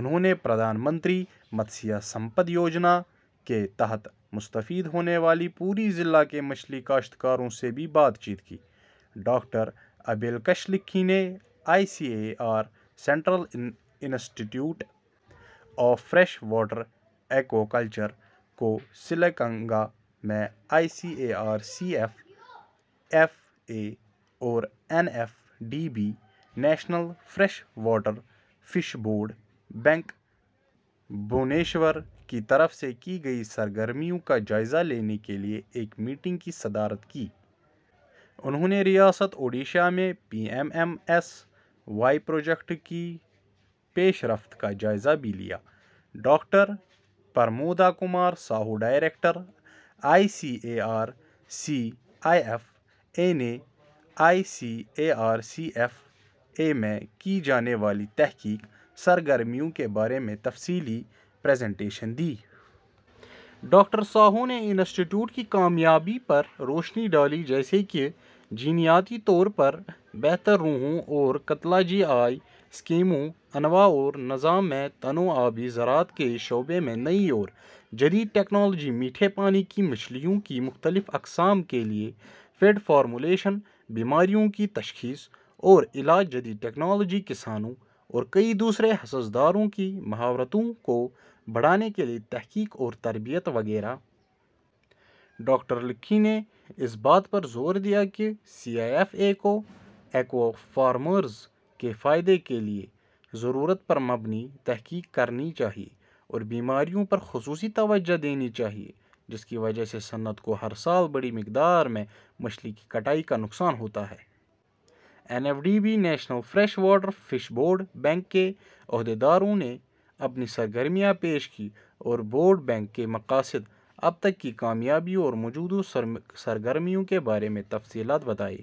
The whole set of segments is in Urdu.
انہوں نے پردھان منتری متسیہ سمپد یوجنا کے تحت مستفید ہونے والے پوری ضلع کے مچھلی کاشتکاروں سے بھی بات چیت کی۔ ڈاکٹر ابھیلکش لکھی نے I C A R central institute of fresh water aquaculture Kausalya Ganga میں I C A R C I F A اور N F D B national fresh water fish brood bank Bhubaneswar کی طرف سے کی گئی سرگرمیوں کا جائزہ لینے کے لیے ایک میٹنگ کی صدارت کی۔ انہوں نے ریاست اوڈیشہ میں P M M S Y پروجیکٹوں کی پیشرفت کا جائزہ بھی لیا۔ Doctor Pramoda Kumar Sahoo director I C A R C I F A نے I C A R C I F A میں کی جانے والی تحقیقی سرگرمیوں کے بارے میں تفصیلی پریزنٹیشن دی۔ ڈاکٹر ساہو نے انسٹی ٹیوٹ کی کامیابیوں پر روشنی ڈالی جیسے کہ جینیاتی طور پر بہتر روہو اور قتلہ جی آئی اسکیمپی انواع اور نظام میں تنوع آبی زراعت کے شعبے میں نئی اور جدید ٹیکنالوجی میٹھے پانی کی مچھلیوں کی مختلف اقسام کے لیے فیڈ فارمولیشن بیماریوں کی تشخیص اور علاج جدید ٹیکنالوجی کسانوں اور کئی دوسرے حصص داروں کی مہارتوں کو بڑھانے کے لیے تحقیق اور تربیت وغیرہ۔ ڈاکٹر لکھی نے اس بات پر زور دیا کہ سی آئی ایف اے کو ایکوا فارمرز کے فائدے کے لیے ضرورت پر مبنی تحقیق کرنی چاہیے اور بیماریوں پر خصوصی توجہ دینی چاہیے جس کی وجہ سے صنعت کو ہر سال بڑی مقدار میں مچھلی کی کٹائی کا نقصان ہوتا ہے۔ N F D B national fresh water fish brood bank کے عہدیدار نے اپنی سرگرمیاں پیش کیں اور بروڈ بینک کے مقاصد اب تک کی کامیابیوں اور موجودہ سرگرمیوں کے بارے میں تفصیلات بتائیں۔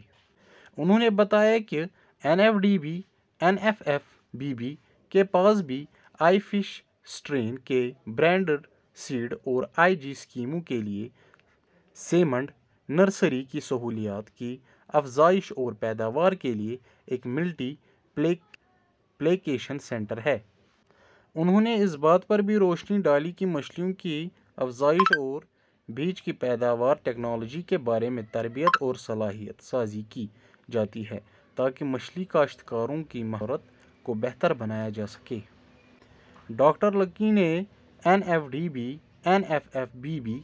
انہوں نے بتایا کہ N F D B N F F B B کے پاس جی آئی فش اسٹرین کے بریڈر سیڈ اور جی آئی اسکیمپی کے لیے سیمنٹڈ نرسری کی سہولیات کی افزائش اور پیداوار کے لیے ایک ملٹی پلیکیشن سینٹر ہے۔ انہوں نے اس بات پر بھی روشنی ڈالی کہ مچھلیوں کی افزائش اور بیج کی پیداوار ٹیکنالوجی کے بارے میں تربیت اور صلاحیت سازی کی جاتی ہے تاکہ مچھلی کاشتکاروں کی مہارت کو بہتر بنایا جا سکے۔ ڈاکٹر لکھی نے N F D B N F F B be